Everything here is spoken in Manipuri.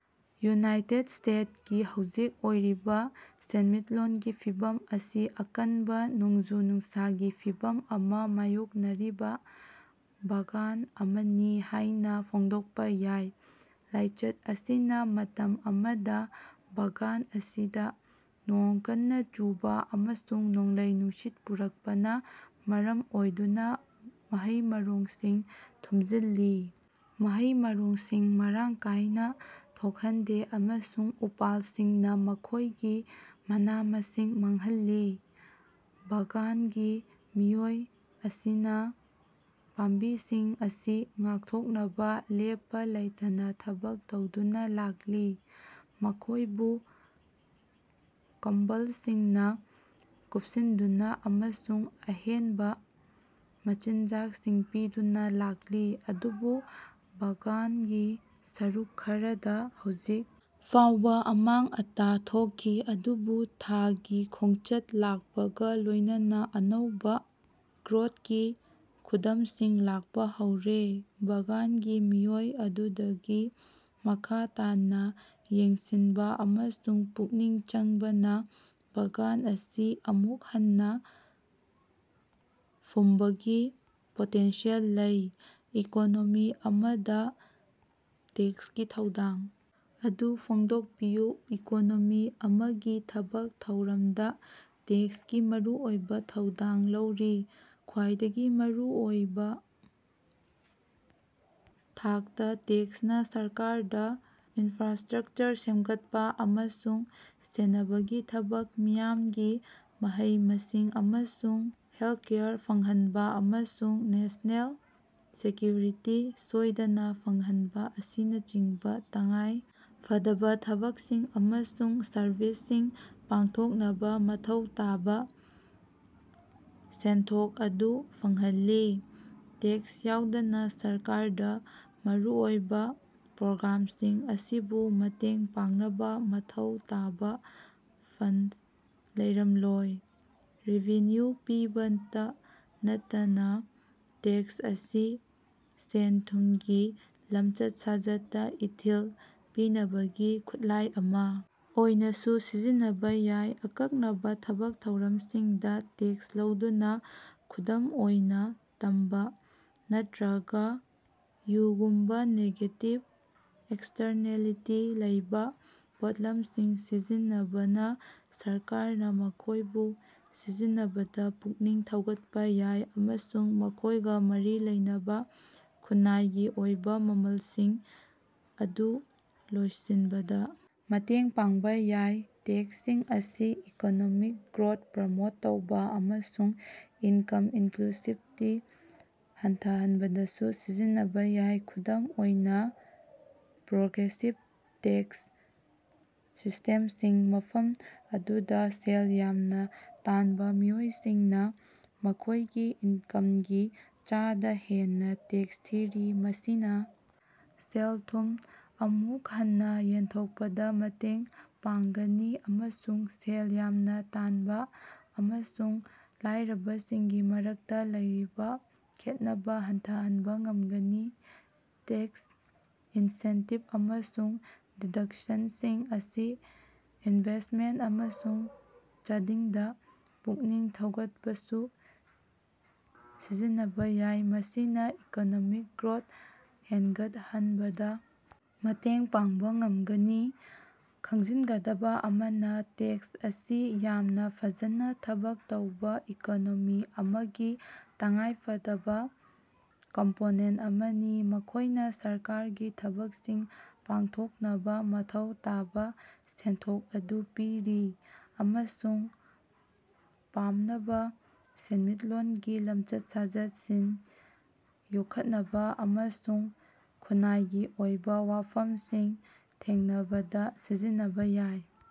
ꯌꯨꯅꯥꯏꯇꯦꯗ ꯁ꯭ꯇꯦꯠꯁꯀꯤ ꯍꯧꯖꯤꯛ ꯑꯣꯏꯔꯤꯕꯥ ꯁꯦꯟꯃꯤꯠꯂꯣꯟꯒꯤ ꯐꯤꯚꯝ ꯑꯁꯤ ꯑꯀꯟꯕꯥ ꯅꯣꯡꯖꯨ-ꯅꯨꯡꯁꯥꯒꯤ ꯐꯤꯚꯝ ꯑꯃꯥ ꯃꯥꯌꯣꯛꯅꯔꯤꯕꯥ ꯕꯥꯒꯥꯟ ꯑꯃꯅꯤ ꯍꯥꯏꯅꯥ ꯐꯣꯡꯗꯣꯛꯄꯥ ꯌꯥꯏ꯫ ꯂꯥꯏꯆꯠ ꯑꯁꯤꯅꯥ ꯃꯇꯝ ꯑꯃꯗꯥ ꯕꯥꯒꯥꯟ ꯑꯁꯤꯗꯥ ꯅꯣꯡ ꯀꯟꯅꯥ ꯆꯨꯕꯥ ꯑꯃꯁꯨꯡ ꯅꯣꯡꯂꯩ-ꯅꯨꯡꯁꯤꯠ ꯄꯨꯔꯛꯄꯅꯥ ꯃꯔꯝ ꯑꯣꯏꯗꯨꯅꯥ ꯃꯍꯩ-ꯃꯔꯣꯡꯁꯤꯡ ꯊꯨꯝꯖꯤꯜꯂꯤ, ꯃꯍꯩ-ꯃꯔꯣꯡꯁꯤꯡ ꯃꯔꯥꯡ ꯀꯥꯏꯅꯥ ꯊꯣꯛꯍꯟꯗꯦ ꯑꯃꯁꯨꯡ ꯎꯄꯥꯜꯁꯤꯡꯅꯥ ꯃꯈꯣꯏꯒꯤ ꯃꯅꯥ-ꯃꯁꯤꯡ ꯃꯥꯡꯍꯜꯂꯤ꯫ ꯕꯥꯒꯥꯟꯒꯤ ꯃꯤꯑꯣꯏ ꯑꯁꯤꯅꯥ ꯄꯥꯝꯕꯤꯁꯤꯡ ꯑꯁꯤ ꯉꯥꯛꯊꯣꯛꯅꯕꯥ ꯂꯦꯞꯄꯥ ꯂꯩꯇꯅꯥ ꯊꯕꯛ ꯇꯧꯗꯨꯅꯥ ꯂꯥꯛꯂꯤ, ꯃꯈꯣꯏꯕꯨ ꯀꯝꯕꯜꯁꯤꯡꯅꯥ ꯀꯨꯄꯁꯤꯟꯗꯨꯅꯥ ꯑꯃꯁꯨꯡ ꯑꯍꯦꯟꯕꯥ ꯃꯆꯤꯟꯖꯥꯛꯁꯤꯡ ꯄꯤꯗꯨꯅꯥ ꯂꯥꯛꯂꯤ, ꯑꯗꯨꯕꯨ ꯕꯥꯒꯥꯟꯒꯤ ꯁꯔꯨꯛ ꯈꯔꯗꯥ ꯍꯧꯖꯤꯛ ꯐꯥꯎꯕꯥ ꯑꯃꯥꯡ-ꯑꯇꯥ ꯊꯣꯛꯈꯤ꯫ ꯑꯗꯨꯕꯨ ꯊꯥꯒꯤ ꯈꯣꯡꯆꯠ ꯂꯥꯛꯄꯒꯥ ꯂꯣꯏꯅꯅꯥ ꯑꯅꯧꯕꯥ ꯒ꯭ꯔꯣꯠꯀꯤ ꯈꯨꯗꯝꯁꯤꯡ ꯂꯥꯛꯄꯥ ꯍꯧꯔꯦ꯫ ꯕꯥꯒꯥꯟꯒꯤ ꯃꯤꯑꯣꯏ ꯑꯗꯨꯗꯒꯤ ꯃꯈꯥ ꯇꯥꯅꯥ ꯌꯦꯡꯁꯤꯟꯕꯥ ꯑꯃꯁꯨꯡ ꯄꯨꯛꯅꯤꯡ ꯆꯪꯕꯅꯥ ꯕꯥꯒꯥꯟ ꯑꯁꯤ ꯑꯃꯨꯛ ꯍꯟꯅꯥ ꯐꯨꯝꯕꯒꯤ ꯄꯣꯇꯦꯟꯁꯤꯌꯦꯜ ꯂꯩ꯫ ꯏꯀꯣꯅꯣꯃꯤ ꯑꯃꯗꯥ ꯇꯦꯛꯁꯀꯤ ꯊꯧꯗꯥꯡ ꯑꯗꯨ ꯐꯣꯡꯗꯣꯛꯄꯤꯌꯨ꯫ ꯏꯀꯣꯅꯣꯃꯤ ꯑꯃꯒꯤ ꯊꯕꯛ ꯊꯧꯔꯝꯗꯥ ꯇꯦꯛꯁꯀꯤ ꯃꯔꯨꯑꯣꯏꯕꯥ ꯊꯧꯗꯥꯡ ꯂꯧꯔꯤ꯫ ꯈ꯭ꯋꯥꯏꯗꯒꯤ ꯃꯔꯨ ꯑꯣꯏꯕꯥ ꯊꯥꯛꯇꯥ ꯇꯦꯛꯁꯅꯥ ꯁꯔꯀꯥꯔꯗꯥ ꯏꯟꯐ꯭ꯔꯥꯁꯇ꯭ꯔꯛꯆꯔ ꯁꯦꯝꯒꯠꯄꯥ ꯑꯃꯁꯨꯡ ꯁꯦꯟꯅꯕꯒꯤ ꯊꯕꯛ, ꯃꯤꯌꯥꯝꯒꯤ ꯃꯍꯩ-ꯃꯁꯤꯡ ꯑꯃꯁꯨꯡ ꯍꯦꯜꯀꯦꯌꯔ ꯐꯪꯍꯟꯕꯥ, ꯑꯃꯁꯨꯡ ꯅꯦꯁꯅꯦꯜ ꯁꯦꯀ꯭ꯌꯨꯔꯤꯇꯤ ꯁꯣꯏꯗꯅꯥ ꯐꯪꯍꯟꯕꯥ ꯑꯁꯤꯅꯆꯤꯡꯕꯥ ꯇꯉꯥꯏ ꯐꯗꯕꯥ ꯊꯕꯛꯁꯤꯡ ꯑꯃꯁꯨꯡ ꯁꯔꯕꯤꯁꯁꯤꯡ ꯄꯥꯡꯊꯣꯛꯅꯕꯥ ꯃꯊꯧ ꯇꯥꯕꯥ ꯁꯦꯟꯊꯣꯛ ꯑꯗꯨ ꯐꯪꯍꯜꯂꯤ꯫ ꯇꯦꯛꯁ ꯌꯥꯎꯗꯅꯥ ꯁꯔꯀꯥꯔꯗꯥ ꯃꯔꯨꯑꯣꯏꯕꯥ ꯄ꯭ꯔꯣꯒ꯭ꯔꯥꯝꯁꯤꯡ ꯑꯁꯤꯕꯨ ꯃꯇꯦꯡ ꯄꯥꯡꯅꯕꯥ ꯃꯊꯧ ꯇꯥꯕꯥ ꯐꯟꯗ ꯂꯩꯔꯝꯂꯣꯏ꯫ ꯔꯦꯚꯤꯅ꯭ꯌꯨ ꯄꯤꯕꯇꯥ ꯅꯠꯇꯅꯥ ꯇꯦꯛꯁ ꯑꯁꯤ ꯁꯦꯟ-ꯊꯨꯝꯒꯤ ꯂꯝꯆꯠ-ꯁꯥꯖꯠꯇꯥ ꯏꯊꯤꯜ ꯄꯤꯅꯕꯒꯤ ꯈꯨꯠꯂꯥꯏ ꯑꯃꯥ ꯑꯣꯏꯅꯥꯁꯨ ꯁꯤꯖꯤꯟꯅꯕꯥ ꯌꯥꯏ꯫ ꯑꯀꯛꯅꯕꯥ ꯊꯕꯛ ꯊꯧꯔꯝꯁꯤꯡꯗꯥ ꯇꯦꯛꯁ ꯂꯧꯗꯨꯅꯥ, ꯈꯨꯗꯝ ꯑꯣꯏꯅꯥ ꯇꯝꯕꯥ ꯅꯠꯇ꯭ꯔꯒꯥ ꯌꯨꯒꯨꯝꯕꯥ ꯅꯦꯒꯦꯇꯤꯕ ꯑꯦꯛꯁꯇꯔꯅꯦꯂꯤꯇꯤ ꯂꯩꯕꯥ ꯄꯣꯠꯂꯝꯁꯤꯡ ꯁꯤꯖꯤꯟꯅꯕꯅꯥ ꯁꯔꯀꯥꯔꯅꯥ ꯃꯈꯣꯏꯕꯨ ꯁꯤꯖꯤꯟꯅꯕꯗꯥ ꯄꯨꯛꯅꯤꯡ ꯊꯧꯒꯠꯄꯥ ꯌꯥꯏ ꯑꯃꯁꯨꯡ ꯃꯈꯣꯏꯒꯥ ꯃꯔꯤ ꯂꯩꯅꯕꯥ ꯈꯨꯟꯅꯥꯏꯒꯤ ꯑꯣꯏꯕꯥ ꯃꯃꯜꯁꯤꯡ ꯑꯗꯨ ꯂꯣꯏꯁꯤꯟꯕꯗꯥ ꯃꯇꯦꯡ ꯄꯥꯡꯕꯥ ꯌꯥꯏ꯫ ꯇꯦꯛꯁꯁꯤꯡ ꯑꯁꯤ ꯏꯀꯣꯅꯣꯃꯤꯛ ꯒ꯭ꯔꯣꯠ ꯄ꯭ꯔꯃꯣꯠ ꯇꯧꯕꯥ ꯑꯃꯁꯨꯡ ꯏꯟꯀꯝ ꯏꯟꯀ꯭ꯂꯨꯁꯤꯕꯇꯤ ꯍꯟꯊꯍꯟꯕꯗꯁꯨ ꯁꯤꯖꯤꯟꯅꯕꯥ ꯌꯥꯏ꯫ ꯈꯨꯗꯝ ꯑꯣꯏꯅꯥ, ꯄ꯭ꯔꯣꯒ꯭ꯔꯦꯁꯤꯞ ꯇꯦꯛꯁ ꯁꯤꯁꯇꯦꯝꯁꯤꯡ, ꯃꯐꯝ ꯑꯗꯨꯗꯥ ꯁꯦꯜ ꯌꯥꯝꯅꯥ ꯇꯥꯟꯕꯥ ꯃꯤꯑꯣꯏꯁꯤꯡꯅꯥ ꯃꯈꯣꯏꯒꯤ ꯏꯟꯀꯃꯒꯤ ꯆꯥꯗꯥ ꯍꯦꯟꯅꯥ ꯇꯦꯛꯁ ꯊꯤꯔꯤ, ꯃꯁꯤꯅꯥ ꯁꯦꯜ-ꯊꯨꯝ ꯑꯃꯨꯛ ꯍꯟꯅꯥ ꯌꯦꯟꯊꯣꯛꯄꯗꯥ ꯃꯇꯦꯡ ꯄꯥꯡꯒꯅꯤ ꯑꯃꯁꯨꯡ ꯁꯦꯜ ꯌꯥꯝꯅꯥ ꯇꯥꯟꯕꯥ ꯑꯃꯁꯨꯡ ꯂꯥꯏꯔꯕꯁꯤꯡꯒꯤ ꯃꯔꯛꯇꯥ ꯂꯩꯔꯤꯕꯥ ꯈꯦꯠꯅꯕꯥ ꯍꯟꯊꯍꯟꯕꯥ ꯉꯝꯒꯅꯤ꯫ ꯇꯦꯛꯁ ꯏꯟꯁꯦꯟꯇꯤꯞ ꯑꯃꯁꯨꯡ ꯗꯤꯗꯛꯁꯟꯁꯤꯡ ꯑꯁꯤ ꯏꯅꯚꯦꯁꯃꯦꯟꯇ ꯑꯃꯁꯨꯡ ꯆꯥꯗꯤꯡꯗꯥ ꯄꯨꯛꯅꯤꯡ ꯊꯧꯒꯠꯄꯗꯁꯨ ꯁꯤꯖꯤꯟꯅꯕꯥ ꯌꯥꯏ, ꯃꯁꯤꯅꯥ ꯏꯀꯣꯅꯣꯃꯤꯛ ꯒ꯭ꯔꯣꯠ ꯍꯦꯟꯒꯠꯍꯟꯕꯗꯥ ꯃꯇꯦꯡ ꯄꯥꯡꯕꯥ ꯉꯝꯒꯅꯤ꯫ ꯈꯪꯖꯤꯟꯒꯗꯕꯥ ꯑꯃꯅꯥ, ꯇꯦꯛꯁ ꯑꯁꯤ ꯌꯥꯝꯅꯥ ꯐꯖꯅꯥ ꯊꯕꯛ ꯇꯧꯕꯥ ꯏꯀꯣꯅꯣꯃꯤ ꯑꯃꯒꯤ ꯇꯉꯥꯏꯐꯗꯕꯥ ꯀꯝꯄꯣꯅꯦꯟꯇ ꯑꯃꯅꯤ꯫ ꯃꯈꯣꯏꯅꯥ ꯁꯔꯀꯥꯔꯒꯤ ꯊꯕꯛꯁꯤꯡ ꯄꯥꯡꯊꯣꯛꯅꯕꯥ ꯃꯊꯧ ꯇꯥꯕꯥ ꯁꯦꯟꯊꯣꯛ ꯑꯗꯨ ꯄꯤꯔꯤ ꯑꯃꯁꯨꯡ ꯄꯥꯝꯅꯕꯥ ꯁꯦꯟꯃꯤꯠꯂꯣꯟꯒꯤ ꯂꯝꯆꯠ-ꯁꯥꯖꯠꯁꯤꯡ ꯌꯣꯛꯈꯠꯅꯕꯥ ꯑꯃꯁꯨꯡ ꯈꯨꯟꯅꯥꯏꯒꯤ ꯑꯣꯏꯕꯥ ꯋꯥꯐꯝꯁꯤꯡ ꯊꯦꯡꯅꯕꯗꯥ ꯁꯤꯖꯤꯟꯅꯕꯥ ꯌꯥꯏ꯫